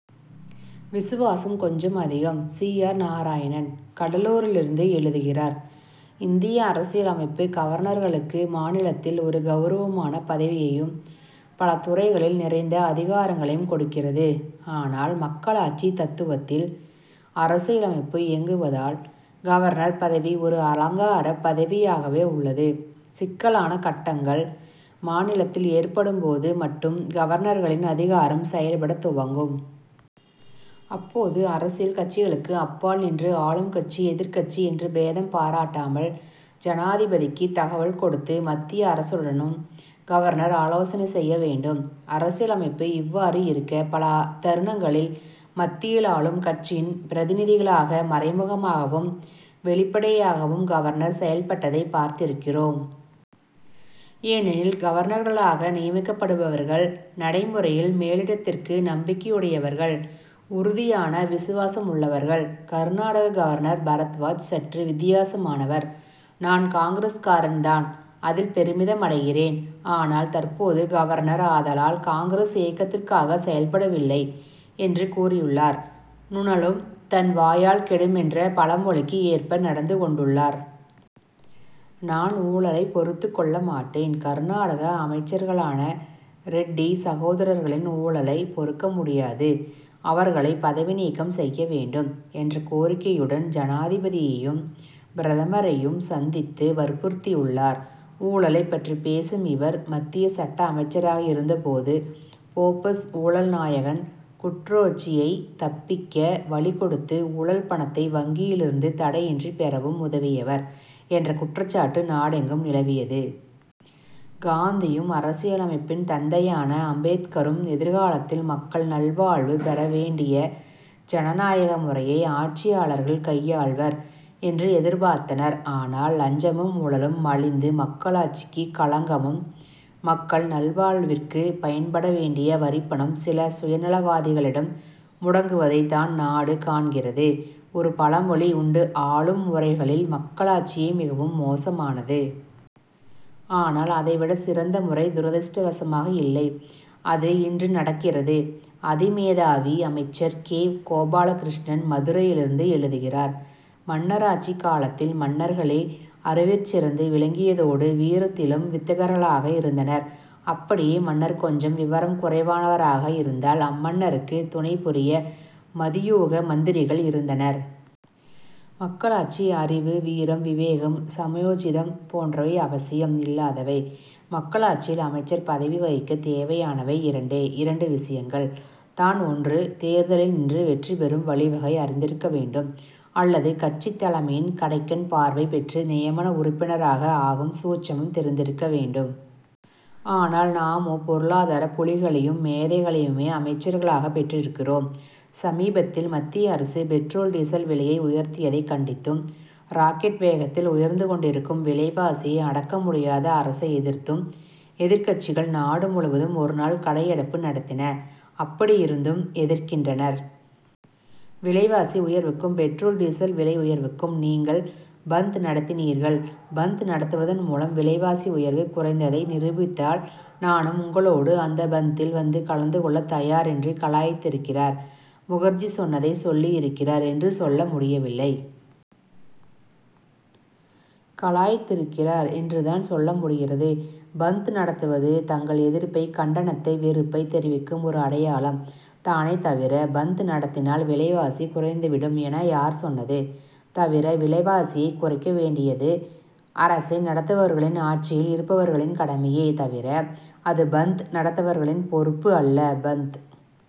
விசுவாசம் கொஞ்சம் அதிகம்! சி. ஆர். நாராயணன், கடலூரிலிருந்து எழுதுகிறார்: இந்திய அரசியல் அமைப்பு, கவர்னர்களுக்கு மாநிலத்தில் ஒரு கவுரவமான பதவியையும், பல துறைகளில் நிறைந்த அதிகாரங்களையும் கொடுக்கிறது. ஆனால், மக்களாட்சி தத்துவத்தில் அரசியலமைப்பு இயங்குவதால், கவர்னர் பதவி ஒரு அலங்காரப் பதவியாகவே உள்ளது. சிக்கலான கட்டங்கள் மாநிலத்தில் ஏற்படும் போது மட்டும், கவர்னர்களின் அதிகாரம் செயல்படத் துவங்கும். அப்போது, அரசியல் கட்சிகளுக்கு அப்பால் நின்று ஆளும் கட்சி, எதிர்க்கட்சி என்று பேதம் பாராட்டாமல், ஜனாதிபதிக்கு தகவல் கொடுத்து, மத்திய அரசுடனும், கவர்னர் ஆலோசனை செய்ய வேண்டும். அரசியல் அமைப்பு இவ்வாறு இருக்க, பல தருணங்களில் மத்தியில் ஆளும் கட்சியின் பிரதிநிதிகளாக, மறைமுகமாகவும், வெளிப்படையாகவும் கவர்னர் செயல்பட்டதை பார்த்திருக்கிறோம். ஏனெனில், கவர்னர்களாக நியமிக்கப்படுபவர்கள், நடைமுறையில் மேலிடத்திற்கு நம்பிக்கையுடையவர்கள்; உறுதியான விசுவாசமுள்ளவர்கள். கர்நாடக கவர்னர் பரத்வாஜ் சற்று வித்தியாசமானவர். "நான் காங்கிரஸ்காரன் தான்; அதில் பெருமிதம் அடைகிறேன். ஆனால், தற்போது கவர்னர். ஆதலால், காங்கிரஸ் இயக்கத்திற்காக செயல்படவில்லை' என்று கூறியுள்ளார். நுணலும் தன் வாயால் கெடுமென்ற பழமொழிக்கு ஏற்ப நடந்து கொண்டுள்ளார். "நான் ஊழலை பொறுத்துக் கொள்ள மாட்டேன். கர்நாடக அமைச்சர்களான ரெட்டிச் சகோதரர்களின் ஊழலை பொறுக்க முடியாது. அவர்களை பதவி நீக்கம் செய்ய வேண்டும்' என்ற கோரிக்கையுடன், ஜனாதிபதியையும், பிரதமரையும் சந்தித்து வற்புறுத்தியுள்ளார். ஊழலைப் பற்றி பேசும் இவர், மத்திய சட்ட அமைச்சராக இருந்த போது, போபர்ஸ் ஊழல் நாயகன் குட்ரோச்சியை தப்பிக்க வழி கொடுத்து, ஊழல் பணத்தை வங்கியிலிருந்து தடையின்றி பெறவும் உதவியவர் என்ற குற்றச்சாட்டு நாடெங்கும் நிலவியது. காந்தியும், அரசியலமைப்பின் தந்தையான அம்பேத்கரும், எதிர்காலத்தில் மக்கள் நல்வாழ்வு பெற வேண்டிய ஜனநாயக முறையை ஆட்சியாளர்கள் கையாள்வர் என்று எதிர்பார்த்தனர். ஆனால், லஞ்சமும், ஊழலும் மலிந்து, மக்களாட்சிக்கு களங்கமும், மக்கள் நல்வாழ்விற்கு பயன்பட வேண்டிய வரிப்பணம், சில சுயநலவாதிகளிடம் முடங்குவதை தான் நாடு காண்கிறது. ஒரு பழமொழி உண்டுஆளும் முறைகளில், "மக்களாட்சியே மிகவும் மோசமானது. ஆனால், அதை விட சிறந்த முறை துரதிர்ஷ்டவசமாக இல்லை! ' அது இன்று நடக்கிறது. "அதிமேதாவி' அமைச்சர்! கே. கோபாலகிருஷ்ணன், மதுரையிலிருந்து எழுதுகிறார்: மன்னராட்சி காலத்தில், மன்னர்களே அறிவிற்சிறந்து விளங்கியதோடு, வீரத்திலும் வித்தகர்களாக இருந்தனர். அப்படியே மன்னர் கொஞ்சம் விவரம் குறைவானவராக இருந்தால், அம்மன்னருக்குத் துணை புரிய, "மதியூக' மந்திரிகள் இருந்தனர். மக்களாட்சிக்கு அறிவு, வீரம், விவேகம், சமயோஜிதம் போன்றவை அவசியம் இல்லாதவை. மக்களாட்சியில் அமைச்சர் பதவி வகிக்க தேவையானவை, இரண்டே இரண்டு விஷயங்கள் தான்ஒன்று, தேர்தலில் நின்று வெற்றி பெறும் வழிவகை அறிந்திருக்க வேண்டும் அல்லது கட்சித் தலைமையின், "கடைக்கண்' பார்வை பெற்று நியமன உறுப்பினராக ஆகும் சூட்சமம் தெரிந்திருக்க வேண்டும். ஆனால், நாமோ, பொருளாதாரப் புலிகளையும், மேதைகளையுமே அமைச்சர்களாகப் பெற்றிருக்கிறோம். சமீபத்தில் மத்திய அரசு, பெட்ரோல், டீசல் விலையை உயர்த்தியதைக் கண்டித்தும், ராக்கெட் வேகத்தில் உயர்ந்து கொண்டிருக்கும் விலைவாசியை அடக்க முடியாத அரசை எதிர்த்தும், எதிர்க்கட்சிகள், நாடு முழுவதும் ஒருநாள் கடையடைப்பு நடத்தின. அப்படி இருந்தும் எதிர்க்கின்றனர். விலைவாசி உயர்வுக்கும், பெட்ரோல், டீசல் விலை உயர்வுக்கும் நீங்கள் "பந்த்' நடத்தினீர்கள். பந்த் நடத்துவதன் மூலம் விலைவாசி உயர்வு குறைந்ததை நிரூபித்தால், நானும் உங்களோடு அந்த, "பந்த்'தில் வந்து கலந்து கொள்ளத் தயார் என்று கலாய்த்திருக்கிறார். முகர்ஜி சொன்னதை, "சொல்லி இருக்கிறார்' என்று சொல்ல முடியவில்லை. "கலாய்த்திருக்கிறார்' என்றுதான் சொல்ல முடிகிறது. "பந்த்' நடத்துவது, தங்கள் எதிர்ப்பை, கண்டனத்தை, வெறுப்பைத் தெரிவிக்கும் ஒரு அடையாளம் தானே தவிர, "பந்த்' நடத்தினால், விலைவாசி குறைந்துவிடும் என யார் சொன்னது? தவிர, விலைவாசியைக் குறைக்க வேண்டியது, அரசை நடத்துபவர்களின், ஆட்சியில் இருப்பவர்களின் கடமையே தவிர, அது "பந்த்' நடத்துபவர்களின் பொறுப்பு அல்ல. "பந்த்'